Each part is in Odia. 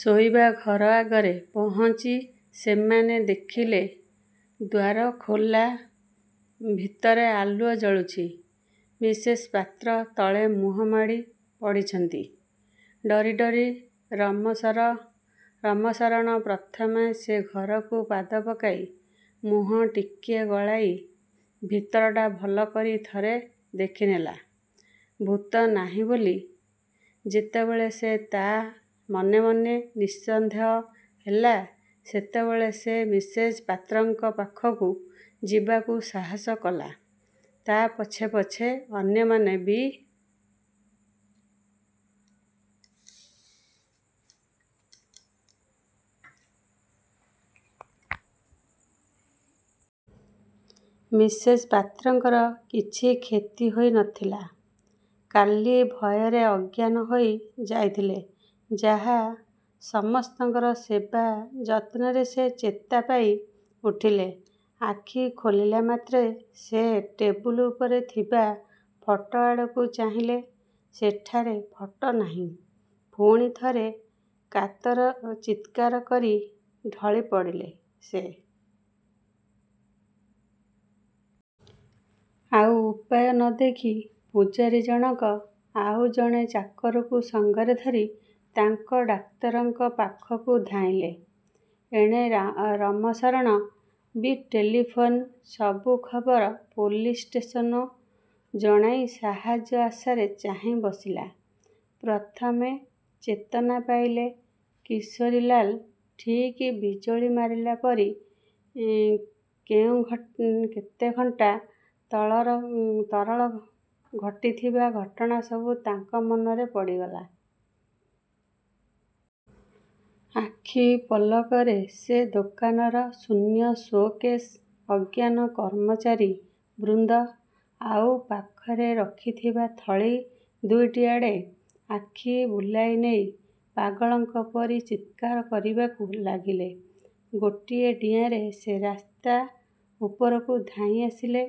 ଶୋଇବା ଘର ଆଗରେ ପପହଞ୍ଚି ସେମାନେ ଦେଖିଲେ-ଦ୍ୱାର ଖୋଲା, ଭିତରେ ଆଲୁଅ ଜଳୁଛି। ମିସେସ୍ ପାତ୍ର ତଳେ ମୁହଁ ମାଡ଼ି ପଡ଼ିଛନ୍ତି। ଡରି ଡରି ରମଶରଣ ପ୍ରଥମେ ସେ ଘରକୁ ପାଦ ପକାଇ ମୁହଁ ଟିକିଏ ଗଳାଇ ଭିତରଟା ଭଲ କରି ଥରେ ଦେଖିନେଲା। ଭୂତ ନାହିଁ ବୋଲି ଯେତେବେଳେ ସେ ତା' ମନେ ମନେ ନିଃସନ୍ଦେହ ହେଲା ସେତେବେଳେ ସେ ମିସେସ୍ ପାତ୍ରଙ୍କ ପାଖକୁ ଯିବାକୁ ସାହସ କଲା; ତା' ପଛେ ପଛେ ଅନ୍ୟମାନେ ବି। ମିସେସ୍ ପାତ୍ରଙ୍କର କିଛି କ୍ଷତି ହୋଇ ନଥିଲା। ଖାଲି ଭୟରେ ଅଜ୍ଞାନ ହୋଇ ଯାଇଥିଲେ ଯାହା। ସମସ୍ତଙ୍କର ସେବା ଯତ୍ନରେ ସେ ଚେତା ପାଇ ଉଠିଲେ। ଆଖି ଖୋଲିବା ମାତ୍ରେ ସେ ଟେବୁଲ ଉପରେ ଥିବା ଫଟୋଆଡ଼କୁ ଚାହିଁଲେ; ସେଠାରେ ଫଟୋ ନାହିଁ। ପୁଣି ଥରେ କାତର ଚିତ୍କାର କରି ଢଳି ପଡ଼ିଲେ ସେ। ଆଉ ଉପାୟ ନ ଦେଖି ପୁଝାରୀଜଣକ ଆଉ ଜଣେ ଚାକରକୁ ସାଙ୍ଗରେ ଧରି ତାଙ୍କ ଡାକ୍ତରଙ୍କ ପାଖକୁ ଧାଇଁଲେ। ଏଣେ ରାମଶରଣ ବି ଟେଲିଫୋନ୍ରେ ସବୁ ଖବର ପୋଲିସ୍ ଷ୍ଟେସନ୍କୁ ଜଣାଇ ସାହାଯ୍ୟ ଆଶାରେ ଚାହିଁ ବସିଲା। ପ୍ରଥମେ ଚେତନା ପାଇଲେ କିଶୋରୀଲାଲ। ଠିକ୍ ବିଜୁଳି ମାରିଲା ପରି କେଇଘଣ୍ଟା ତଳର ଘଟିଥିବା ଘଟଣା ସବୁ ତାଙ୍କ ମନରେ ପଡ଼ିଗଲା। ଆଖି ପଲକରେ ସେ ଦୋକାନର ଶୂନ୍ୟ ସୋ'କେଶ୍, ଅଜ୍ଞାନ କର୍ମଚାରୀ ବୃନ୍ଦ, ଆଉ ପାଖରେ ରଖିଥିବା ଥଳି ଦୁଇଟି ଆଡ଼େ ଆଖି ବୁଲାଇ ନେଇ ପାଗଳଙ୍କ ପରି ଚିତ୍କାର କରିବାକୁ ଲାଗିଲେ। ଗୋଟାଏ ଡିଆଁରେ ସେ ରାସ୍ତା ଉପରକୁ ଧାଇଁ ଆସିଲେ।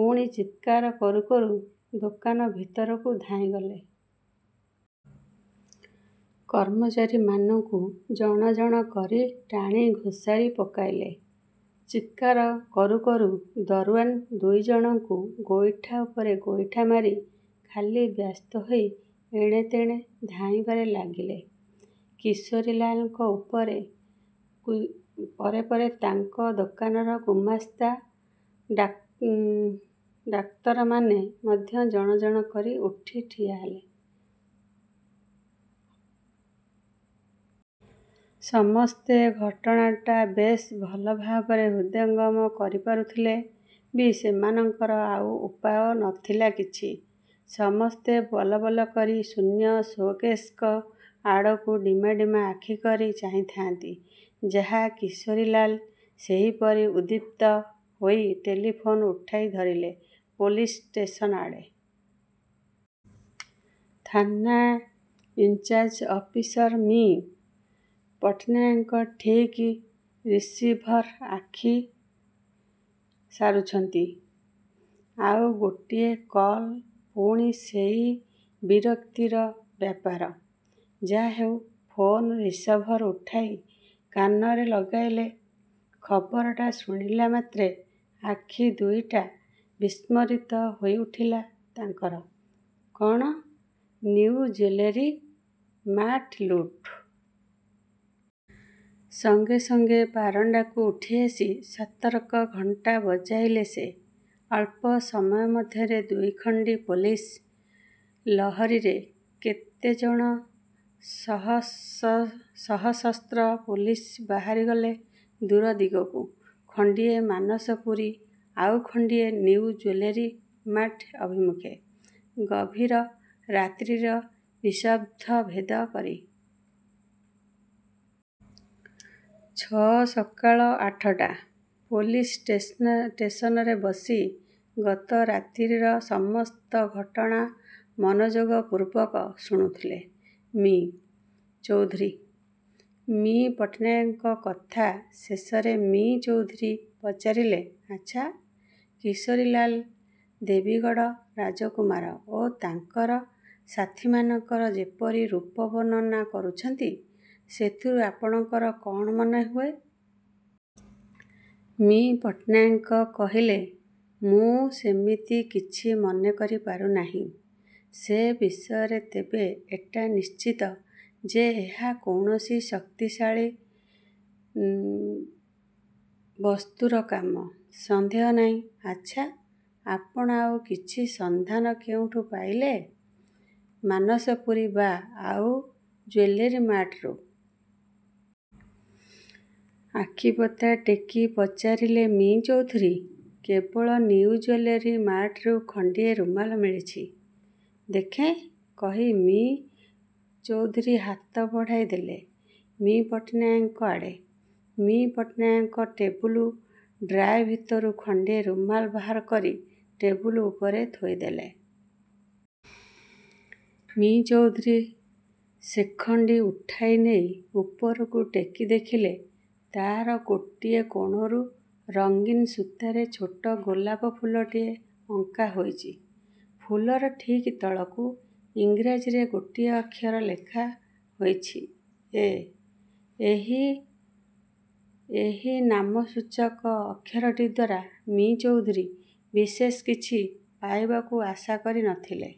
ପୁଣି ଚିତ୍କାର କରୁ କରୁ ଦୋକାନ ଭିତରକୁ ଧାଇଁ ଗଲେ। କର୍ମଚାରୀମାନଙ୍କୁ ଜଣ ଜଣ କରି ଟାଣି ଘୋଷାରି ପକାଇଲେ।। ଚିତ୍କର କରୁ କରୁ ଦରଓ୍ୱାନ୍ ଦୁଇଜଣଙ୍କୁ ଗୋଇଠା ଉପରେ ଗୋଇଠା ମାରି ଖାଲି ବ୍ୟସ୍ତ ହୋଇ ଏଣେ ତେଣେ ଧାଇଁବାରେ ଲାଗିଲେ। କିଶୋରୀଲାଲଙ୍କ ପରେ ପରେ ତାଙ୍କ ଦୋକାନର ଗୁମାସ୍ତା, ଚାକରମାନେ ମଧ୍ୟ ଜଣ ଜଣ କରି ଉଠି ଠିଆହେଲେ। ସମସ୍ତେ ଘଟଣାଟା ବେଶ ଭଲ ଭାବରେ ହୃଦୟଙ୍ଗମ କରି ପାରୁଥିଲେ ବି ସେମାନଙ୍କର ଆଉ ଉପାୟ ନଥିଲା କିଛି; ସମସ୍ତେ ବଲ ବଲ କରି ଶୂନ୍ୟ ସୋ-କେଶ୍ଗୁଡ଼ିକ ଆଡ଼କୁ ଡିମା ଡିମା ଆଖି କରି ଚାହିଁଥାନ୍ତି ଯାହା। କିଶୋରୀଲାଲ ସେଇପରି ଉତ୍କ୍ଷିପ୍ତ ହୋଇ ଟେଲିଫୋନ୍ ଉଠାଇ ଧରିଲେ ପୋଲିସ୍ ଷ୍ଟେସନ୍ ଆଡ଼େ। ଥାନା ଇନ୍ଚାର୍ଯ ଅଫିସର ମି: ପଟ୍ଟନାୟକ ଠିକ୍ ରିସିଭର୍ ରଖି ସାରୁଛନ୍ତି-ଆଉ ଗୋଟାଏ କଲ୍! ପୁଣି ସେଇ ବିରକ୍ତିକର ବ୍ୟାପାର! ଯାହାହେଉ ଫୋନ୍ ରିସିଭର୍ ଉଠାଇ କାନରେ ଲଗାଇଲେ। ଖବରଟା ଶୁଣିଲା ମାତ୍ରେ ଆଖି ଦୁଇଟା ବିଷ୍ପୋରିତ ହୋଇଉଠିଲା ତାଙ୍କର। ''କ'ଣ? ନିଉ ଜୁଏଲାରୀ ମାର୍ଟ ଲୁଟ୍! '' ସାଙ୍ଗେ ସାଙ୍ଗେ ବାରଣ୍ଡାକୁ ଉଠିଆସି ସତର୍କ ଘଣ୍ଟା ବଜାଇଲେ ସେ। ଅଳ୍ପ ସମୟ ମଧ୍ୟରେ ଦୁଇଖଣ୍ଡି ପୋଲିସ୍ ଲରୀରେ କେତେଜଣ ସଶସ୍ତ୍ର ପୋଲିସ୍ ବାହାରି ଗଲେ ଦୂର ଦିଗକୁ। ଖଣ୍ଡିଏ ମାନସପୁରୀ, ଆଉ ଖଣ୍ଡିଏ ନିଉ ଜୁଏଲାରୀ ମାର୍ଟ ଅଭିମୁଖେ, ଗଭୀର ରାତ୍ରିର ନିସ୍ତବ୍ଧତା ଭେଦ କରି। -ଛଅ- ସକାଳ ଆଠଟା। ପୋଲିସ୍ ଷ୍ଟେସନରେ ବସି ଗତ ରାତିର ସମସ୍ତ ଘଟଣା ମନୋଯୋଗ ପୂର୍ବକ ଶୁଣୁଥିଲେ ମି: ଚୌଧୁରୀ। ମି: ପଟ୍ଟନାୟକଙ୍କ କଥା ଶେଷରେ ମି: ଚୌଧୁରୀ ପଚାରିଲେ, ''ଆଚ୍ଛା, କିଶୋରୀଲାଲ ଦେବୀଗଡ଼ ରାଜକୁମାର ଓ ତାଙ୍କର ସାଥୀମାନଙ୍କର ଯେପରି ରୂପ ବର୍ଣ୍ଣନା କରିଛନ୍ତି, ସେଥିରୁ ଆପଣଙ୍କର କ'ଣ ମନେ ହୁଏ? '' ମି: ପଟ୍ଟନାୟକ କହିଲେ, ''ମୁଁ ସେମିତି କିଛି ମନେ କରି ପାରୁନାହିଁ। ସେ ବିଷୟରେ ତେବେ ଏଟା ନିଶ୍ଚିତ ଯେ ଏହା କୌଣସି ଶକ୍ତିଶାଳୀ ଦସ୍ୟୁର କାମ, ସନ୍ଦେହ ନାହିଁ। '' ''ଆଚ୍ଛା, ଆପଣ ଆଉ କିଛି ସନ୍ଧାନ କେଉଁଠୁ ପାଇଥିଲେ; ମାନସପୁରୀ ବା ଆଉ ଜୁଏଲାରୀମାର୍ଟରୁ? '' ଆଖିପତା ଟେକି ପଚାରିଲେ ମି: ଚୌଧୁରୀ। କେବଳ ନିଉ ଜୁଏଲାରୀ ମାର୍ଟରୁ ଖଣ୍ଡିଏ ରୁମାଲ ମିଳିଛି। '' 'ଦେଖେଁ' କହି ମି: ଚୌଧୁରୀ ହାତ ବଢ଼ାଇ ଦେଲେ ମି: ପଟ୍ଟନାୟକଙ୍କ ଆଡ଼େ। ମି: ପଟ୍ଟନାୟକ ଟେବୁଲ ଡ୍ରାୟାର ଭିତରୁ ଖଣ୍ଡିଏ ରୁମାଲ ବାହାର କରି ଟେବୁଲ ଉପରେ ଥୋଇ ଦେଲେ। ମି: ଚୌଧୁରୀ ସେଖଣ୍ଡି ଉଠାଇ ନେଇ ଉପରକୁ ଟେକି ଦେଖିଲେ, ତା'ର ଗୋଟିଏ କୋଣକୁ ରଙ୍ଗୀନ୍ ସୂତାରେ ଛୋଟ ଗୋଲାପ ଫୁଲଟିଏ ଅଙ୍କା ହୋଇଛି। ଫୁଲର ଠିକ୍ ତଳକୁ ଇଂରାଜୀରେ ଗୋଟିଏ ଅକ୍ଷର ଲେଖା ଯାଇଛି 'ଏ'। ଏଇ ନାମସୂଚକ ଅକ୍ଷରଟି ଦ୍ୱାରା ମି: ଚୌଧୁରୀ ବିଶେଷ କିଛି ପାଇବାକୁ ଆଶା କରି ନ ଥିଲେ।